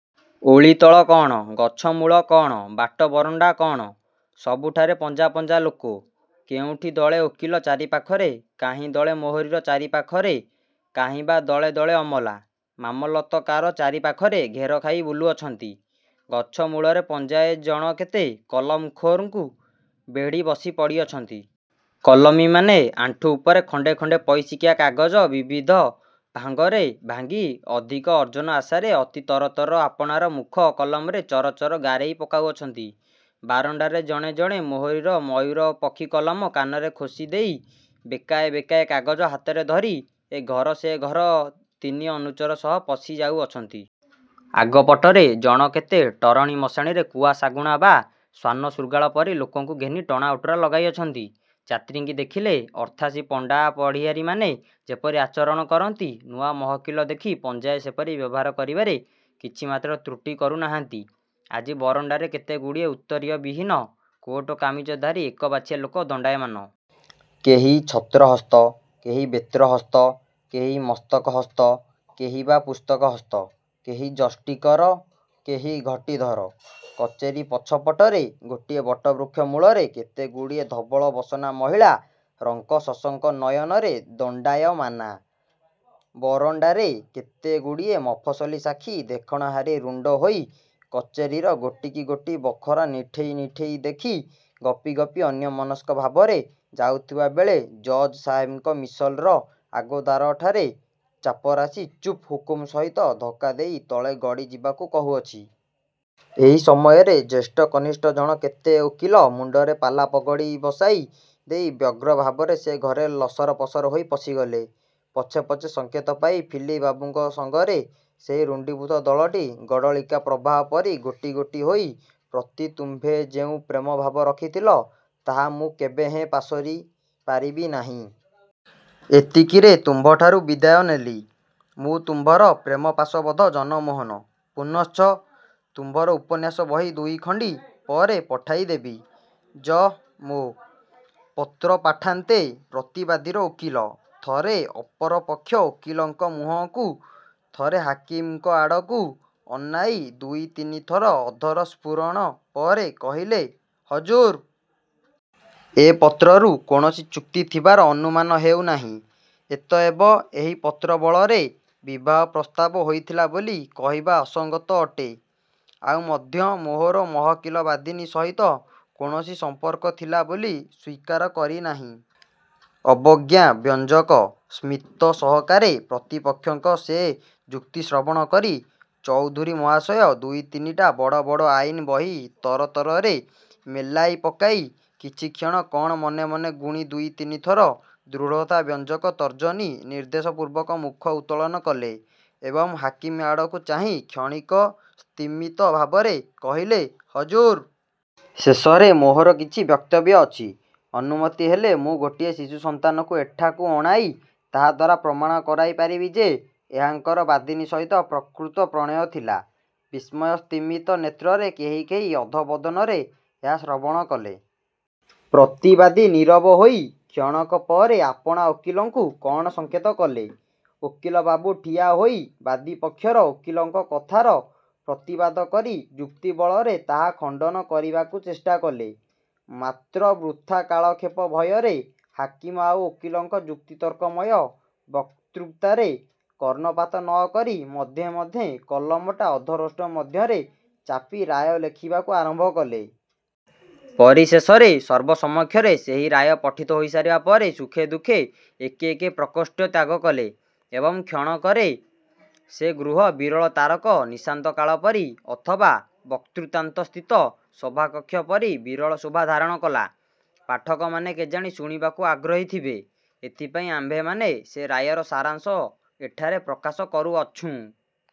ଓଳିତଳ କଣ, ଗଛମୂଳ କଣ, ବାଟ ବରଣ୍ଡା କଣ, ସବୁଠାରେ ପଞ୍ଝା ପଞ୍ଝା ଲୋକ। କେଉଁଠି ଦଳେ ଓକିଲ ଚାରିପାଖରେ କାହିଁ ଦଳେ ମୋହରିର ଚାରିପାଖରେ କାହିଁ ବା ଦଳେ ଦଳେ ଅମଲା, ମାମଲତକାର ଚାରିପାଖରେ ଘେରଖାଇ ବୁଲୁଅଛନ୍ତି। ଗଛମୂଳରେ ପଞ୍ଝାଏ ଜଣକେତେ କଲମଖୋରଙ୍କୁ ବେଢ଼ି ବସିପଡ଼ିଅଛନ୍ତି। କଲମୀମାନେ ଆଣ୍ଠୁ ଉପରେ ଖଣ୍ଡେ ଖଣ୍ଡେ ପଇସିକିଆ କାଗଜ ବିବିଧ ଭାଙ୍ଗରେ ଭାଙ୍ଗି ଅଧିକ ଅର୍ଜନ ଆଶାରେ ଅତି ତରତରରେ ଆପଣାର ମୁଖର କଲମରେ ଚର ଚର ଗାରେଇ ପକାଉଅଛନ୍ତି। ବାରଣ୍ଡାରେ ଜଣେ ଜଣେ ମୋହରିର ମୟୂରପକ୍ଷିକଲମ କାନରେ ଖୋଷିଦେଇ ବେକାଏ ବେକାଏ କାଗଜ ହାତରେ ଧରି ଏ ଘର ସେ ଘର ଦୁଇ ତିନି ଅନୁଚର ସହ ପଶି ଯାଉଅଛନ୍ତି। ଆଗପଟରେ ଜଣକେତେ ଟରଣୀ ମଶାଣିରେ କୁଆ ଶାଗୁଣା ବା ଶ୍ୱାନ ଶୃଗାଳ ପରି ଲୋକଙ୍କୁ ଘେନି ଟଣାଓଟରା ଲଗାଇଅଛନ୍ତି। ଯାତ୍ରିଙ୍କି ଦେଖିଲେ ଅର୍ଥାଶୀ ପଣ୍ଡାପଢ଼ିଆରୀମାନେ ଯେପରି ଆଚରଣ କରନ୍ତି, ନୂଆ ମହକିଲ ଦେଖି ପଞ୍ଝାଏ ସେପରି ବ୍ୟବହାର କରିବାରେ କିଛିମାତ୍ର ତ୍ରୁଟି କରୁ ନାହାନ୍ତି। ଆଜି ବରଣ୍ଡାରେ କେତେଗୁଡ଼ିଏ ଉତ୍ତରୀୟବିହୀନ କୋଟ କାମିଜଧାରୀ ଏକବାଛିଆ ଲୋକ ଦଣ୍ଡାୟମାନ। କେହି ଛତ୍ରହସ୍ତ, କେହି ବେତ୍ରହସ୍ତ, କେହି ମସ୍ତକହସ୍ତ, କେହି ବା ପୁସ୍ତକହସ୍ତ, କେହି ଯଷ୍ଟିକର, କେହି ଘଟୀ-ଧର। କଚେରି ପଛପଟରେ ଗୋଟିଏ ବଟବୃକ୍ଷ ମୂଳରେ କେତେଗୁଡ଼ିଏ ଧବଳବସନା ମହିଳା ରଙ୍କ-ସଶଙ୍କ ନୟନରେ ଦଣ୍ଡାୟମାନା। ବରଣ୍ଡାରେ କେତେଗୁଡ଼ିଏ ମଫସଲୀ ସାକ୍ଷୀ ଦେଖଣାହାରୀ ରୁଣ୍ଡ ହୋଇ କଚେରିର ଗୋଟିକିଗୋଟି ବଖରା ନିଠେଇ ନିଠେଇ ଦେଖି ଗପି ଗପି ଅନ୍ୟମନସ୍କ ଭାବରେ ଯାଉଥିବା ବେଳେ ଜଜ୍ ସାହେବଙ୍କ ମିସଲର ଆଗଦ୍ୱାରଠାରେ ଚାପରାଶି 'ଚୁପ୍ଚୁପ୍' ହୁକୁମ ସହିତ ଧକ୍କା ଦେଇ ତଳେ ଗଡ଼ି ଯିବାକୁ କହୁଅଛି। ଏହି ସମୟରେ ଜ୍ୟେଷ୍ଠ କନିଷ୍ଠ ଜଣକେତେ ଓକିଲ ମୁଣ୍ଡରେ ପାଲା-ପଗଡ଼ି ବସାଇ ଦେଇ ବ୍ୟଗ୍ର ଭାବରେ ସେ ଘରେ ଲସରପସର ହୋଇ ପଶିଗଲେ। ପଛେ ପଛେ ସଙ୍କେତ ପାଇ ଫିଲିପ ବାବୁଙ୍କ ସଙ୍ଗରେ ସେହି ରୁଣ୍ଡୀଭୂତ ଦଳଟି ଗଡ୍ଡଳିକାପ୍ରବାହ ପରି ଗୋଟି ଗୋଟି ହୋଇ। ପ୍ରତି ତୁମ୍ଭେ ଯେଉଁ ପ୍ରେମ ଭାବ ରଖିଥିଲ, ତାହା ମୁଁ କେବେହେଁ ପାସୋରି ପାରିବି ନାହିଁ। ଏତିକିରେ ତୁମ୍ଭଠାରୁ ବିଦାୟ ନେଲି। ମୁଁ ତୁମ୍ଭର ପ୍ରେମପାଶବଦ୍ଧ ଜନମୋହନ। ପୁନଶ୍ଚ- ତୁମ୍ଭର ଉପନ୍ୟାସ ବହି ଦୁଇଖଣ୍ଡି ପରେ ପଠାଇଦେବି। ଜ. ମୋ. ପତ୍ରପାଠାନ୍ତେ ପ୍ରତିବାଦିର ଓକିଲ ଥରେ ଅପର ପକ୍ଷ ଓକିଲଙ୍କ ମୁହଁକୁ, ଥରେ ହାକିମଙ୍କ ଆଡ଼କୁ ଅନାଇ ଦୁଇ ତିନି ଥର ଅଧର ସ୍ଫୁରଣ ପରେ କହିଲେ, ''ହଜୁର! ଏ ପତ୍ରରୁ କୌଣସି ଚୁକ୍ତି ଥିବାର ଅନୁମାନ ହେଉ ନାହିଁ। ଅତଏବ ଏହି ପତ୍ରବଳରେ ବିବାହ ପ୍ରସ୍ତାବ ହୋଇଥିଲା ବୋଲି କହିବା ଅସଙ୍ଗତ ଅଟେ। ଆଉ ମଧ୍ୟ ମୋହର ମହକିଲ ବାଦିନୀ ସହିତ କୌଣସି ସମ୍ପର୍କ ଥିଲା ବୋଲି ସ୍ୱୀକାର କରି ନାହିଁ। '' ଅବଜ୍ଞାବ୍ୟଞ୍ଜକ ସ୍ମିତସହକାରେ ପ୍ରତିପକ୍ଷଙ୍କ ସେ ଯୁକ୍ତି ଶ୍ରବଣ କରି ଚୌଧୁରୀ ମହାଶୟ ଦୁଇ ତିନିଟା ବଡ଼ ବଡ଼ ଆଇନ ବହି ତରତରରେ ମେଲାଇ ପକାଇ କିଛିକ୍ଷଣ କଣ ମନେ ମନେ ଗୁଣି ଦୁଇ ତିନିଥର ଦୃଢ଼ତାବ୍ୟଞ୍ଜକ ତର୍ଜନୀ ନିର୍ଦ୍ଦେଶପୂର୍ବକ ମୁଖ ଉତ୍ତୋଳନ କଲେ ଏବଂ ହାକିମ ଆଡ଼କୁ ଚାହିଁ କ୍ଷଣିକ ସ୍ତିମିତଭାବରେ କହିଲେ,'' ହଜୁର! ଶେଷରେ ମୋହର କିଛି ବକ୍ତବ୍ୟ ଅଛି। ଅନୁମତି ହେଲେ ମୁଁ ଗୋଟିଏ ଶିଶୁ ସନ୍ତାନକୁ ଏଠାକୁ ଅଣାଇ ତାହାଦ୍ୱାରା ପ୍ରମାଣ କରାଇ ପାରିବି ଯେ, ଏହାଙ୍କର ବାଦିନୀ ସହିତ ପ୍ରକୃତ ପ୍ରଣୟ ଥିଲା। '' ବିସ୍ମୟସ୍ତିମିତ ନେତ୍ରରେ କେହି କେହି ଅଧୋବଦନରେ ଏହା ଶ୍ରବଣ କଲେ। ପ୍ରତିବାଦୀ ନୀରବ ହୋଇ କ୍ଷଣକ ପରେ ଆପଣା ଓକିଲଙ୍କୁ କଣ ସଙ୍କେତ କଲେ। ଓକିଲ ବାବୁ ଠିଆ ହୋଇ ବାଦୀ ପକ୍ଷର ଓକିଲଙ୍କ କଥାର ପ୍ରତିବାଦ କରି ଯୁକ୍ତିବଳରେ ତାହା ଖଣ୍ଡନ କରିବାକୁ ଚେଷ୍ଟା କଲେ। ମାତ୍ର ବୃଥା କାଳକ୍ଷେପ ଭୟରେ ହାକିମ ଆଉ ଓକିଲଙ୍କ ଯୁକ୍ତିତର୍କମୟ ବକ୍ତୃତାରେ କର୍ଣ୍ଣପାତ ନ କରି ମଧ୍ୟେ ମଧ୍ୟେ କଲମଟା ଅଧରୋଷ୍ଠ ମଧ୍ୟରେ ଚାପି ରାୟ ଲେଖିବାକୁ ଆରମ୍ଭ କଲେ। ପରିଶେଷରେ ସର୍ବସମକ୍ଷରେ ସେହି ରାୟ ପଠିତ ହୋଇ ସାରିବା ପରେ ସୁଖେ ଦୁଃଖେ ଏକେ ଏକେ ପ୍ରକୋଷ୍ଠ ତ୍ୟାଗ କଲେ ଏବଂ କ୍ଷଣକରେ ସେ ଗୃହ ବିରଳତାରକ ନିଶାନ୍ତକାଳ ପରି ଅଥବା ବକ୍ତୃତାନ୍ତସ୍ଥିତ ସଭାକକ୍ଷ ପରି ବିରଳ ଶୋଭା ଧାରଣ କଲା। ପାଠକମାନେ କେଜାଣି ଶୁଣିବାକୁ ଆଗ୍ରହୀ ଥିବେ, ଏଥିପାଇଁ ଆମ୍ଭେମାନେ ସେ ରାୟର ସାରାଶଂ ଏଠାରେ ପ୍ରକାଶ କରୁଅଛୁଁ।